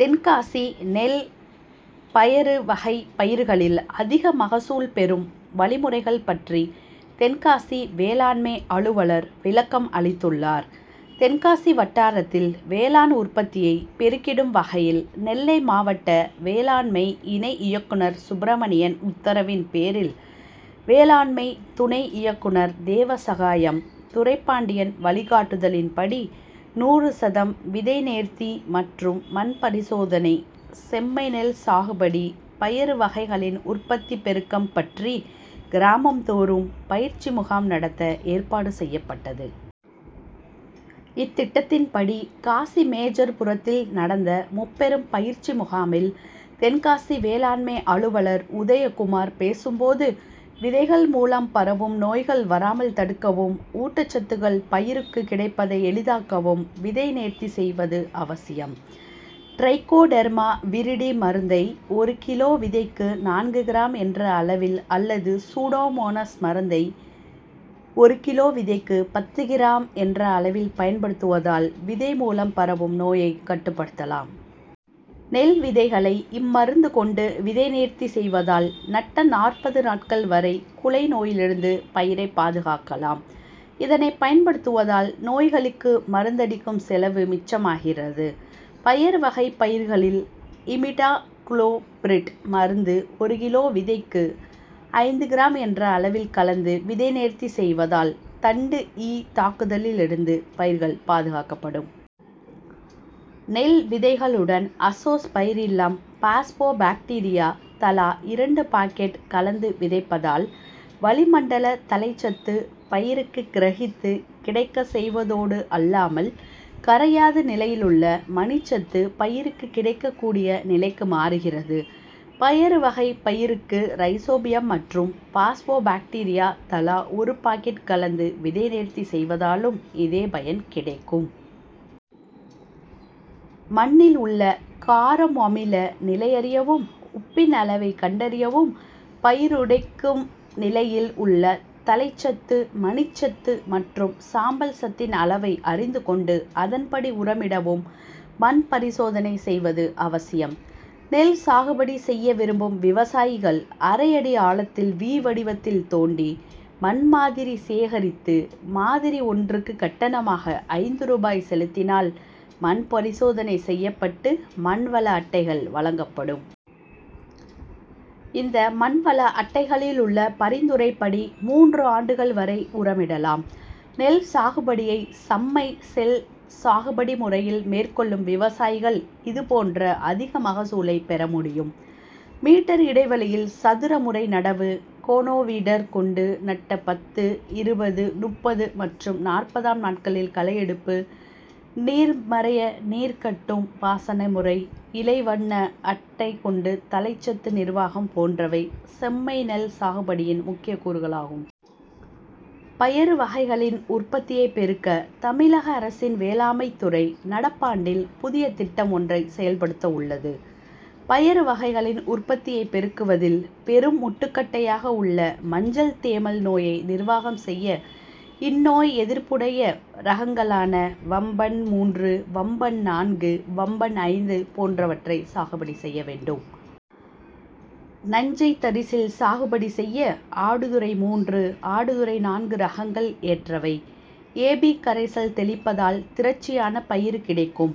தென்காசி நெல், பயறு வகை பயிர்களில் அதிக மகசூல் பெறும் வழிமுறைகள் பற்றி தென்காசி வேளாண்மை அலுவலர் விளக்கம் அளித்துள்ளார். தென்காசி வட்டாரத்தில் வேளாண் உற்பத்தியை பெருக்கிடும் வகையில் நெல்லை மாவட்ட வேளாண்மை இணை இயக்குநர் சுப்பிரமணியன் உத்தரவின் பேரில், வேளாண்மை துணை இயக்குநர் தேவசகாயம், துரைப்பாண்டியன் வழிகாட்டுதலின் படி நூறு சதம் விதை நேர்த்தி மற்றும் மண் பரிசோதனை, செம்மை நெல் சாகுபடி, பயறு வகைகளின் உற்பத்தி பெருக்கம் பற்றி கிராமம் தோறும் பயிற்சி முகாம் நடத்த ஏற்பாடு செய்யப்பட்டது. இத்திட்டத்தின் படி காசிமேஜர்புரத்தில் நடந்த முப்பெரும் பயிற்சி முகாமில் தென்காசி வேளாண்மை அலுவலர் உதய குமார் பேசும் போது, விதைகள் மூலம் பரவும் நோய்கள் வராமல் தடுக்கவும், ஊட்டச்சத்துகள் பயிருக்கு கிடைப்பதை எளிதாக்கவும் விதை நேர்த்தி செய்வது அவசியம். டிரைகோடெர்மா விரிடி மருந்தை ஒரு கிலோ விதைக்கு நான்கு கிராம் என்ற அளவில் அல்லது சூடோமோனாஸ் மருந்தை ஒரு கிலோ விதைக்கு பத்து கிராம் என்ற அளவில் பயன்படுத்துவதால் விதை மூலம் பரவும் நோயை கட்டுப்படுத்தலாம். நெல் விதைகளை இம்மருந்து கொண்டு விதை நேர்த்தி செய்வதால் நட்ட நாற்பது நாட்கள் வரை குலை நோயிலிருந்து பயிரை பாதுகாக்கலாம். இதனை பயன்படுத்துவதால் நோய்களுக்கு மருந்தடிக்கும் செலவு மிச்சமாகிறது. பயறு வகை பயிர்களில் இமிடாகுளோபிரிட் மருந்து ஒரு கிலோ விதைக்கு ஐந்து கிராம் என்ற அளவில் கலந்து விதை நேர்த்தி செய்வதால் தண்டு ஈ தாக்குதலிலிருந்து பயிர்கள் பாதுகாக்கப்படும். நெல் விதைகளுடன் அசோஸ் பைரில்லம், பாஸ்போ பாக்டீரியா தலா இரண்டு பாக்கெட் கலந்து விதைப்பதால் வளி மண்டல தழைச்சத்து பயிருக்கு கிரகித்து கிடைக்க செய்வதோடல்லாமல், கரையாத நிலையிலுள்ள மணிச்சத்து பயிருக்கு கிடைக்க கூடிய நிலைக்கு மாறுகிறது. பயறு வகை பயிருக்கு ரைசோபியம் மற்றும் பாஸ்போ பாக்டீரியா தலா ஒரு பாக்கெட் கலந்து விதை நேர்த்தி செய்வதாலும் இதே பயன் கிடைக்கும். மண்ணில் உள்ள கார முமில நிலையறியவும், உப்பின் அளவை கண்டறியவும் பயிருக்கு டைக்கும் நிலையில் உள்ள தழைச்சத்து, மணிச்சத்து மற்றும் சாம்பல் சத்தின் அளவை அறிந்து கொண்டு அதன் படி உரமிடவும் மண் பரிசோதனை செய்வது அவசியம். நெல் சாகுபடி செய்ய விரும்பும் விவசாயிகள் அரை அடி ஆழத்தில் வி வடிவத்தில் தோண்டி மண் மாதிரி சேகரித்து மாதிரி ஒன்றுக்கு கட்டணமாக ஐந்து ரூபாய் செலுத்தினால் மண் பரிசோதனை செய்யப்பட்டு மண் வள அட்டைகள் வழங்கப்படும். இந்த மண் வள அட்டைகளிலுள்ள பரிந்துரைப்படி மூன்று ஆண்டுகள் வரை உரமிடலாம். நெல் சாகுபடியை சம்மை செல் சாகுபடி முறையில் மேற்கொள்ளும் விவசாயிகள் இது போன்ற அதிக மகசூலை பெற முடியும். மீ. இடைவெளியில் சதுர முறை நடவு, கோனோவீடர் கொண்டு நட்ட பத்து, இருபது, முப்பது மற்றும் நாற்பதாம் நாட்களில் களையெடுப்பு, நீர் மறைய நீர் கட்டும் பாசன முறை, இலை வண்ண அட்டை கொண்டு தழைச்சத்து நிர்வாகம் போன்றவை செம்மை நெல் சாகுபடியின் முக்கிய கூறுகளாகும். பயறு வகைகளின் உற்பத்தியை பெருக்க தமிழக அரசின் வேளாமைத்துறை நடப்பாண்டில் புதிய திட்டம் ஒன்றை செயல்படுத்தவுள்ளது. பயறு வகைகளின் உற்பத்தியை பெருக்குவதில் பெரும் முட்டு கட்டையாக உள்ள மஞ்சள் தேமல் நோயை நிர்வாகம் செய்ய இந்நோய் எதிர்ப்புடைய ரகங்களான வம்பன் மூன்று, வம்பன் நான்கு, வம்பன் ஐந்து போன்றவற்றை சாகுபடி செய்ய வேண்டும். நஞ்சை தரிசில் சாகுபடி செய்ய ஆடுதுறை மூன்று, ஆடுதுறை நான்கு ரகங்கள் ஏற்றவை. ஏ. பி. கரைசல் தெளிப்பதால் திரட்சியான பயறு கிடைக்கும்.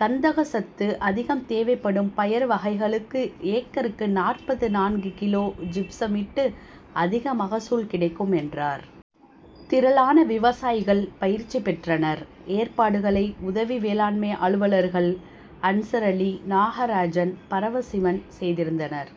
கந்தக சத்து அதிகம் தேவைப்படும் பயறு வகைகளுக்கு ஏக்கருக்கு நாற்பத்து நான்கு கிலோ ஜிப்சம் இட்டு அதிக மகசூல் கிடைக்கும் என்றார். திரளான விவசாயிகள் பயிற்சி பெற்றனர். ஏற்பாடுகளை உதவி வேளாண்மை அலுவலர்கள் அன்சர் அலி, நாகராஜன், பரமசிவன் செய்திருந்தனர்.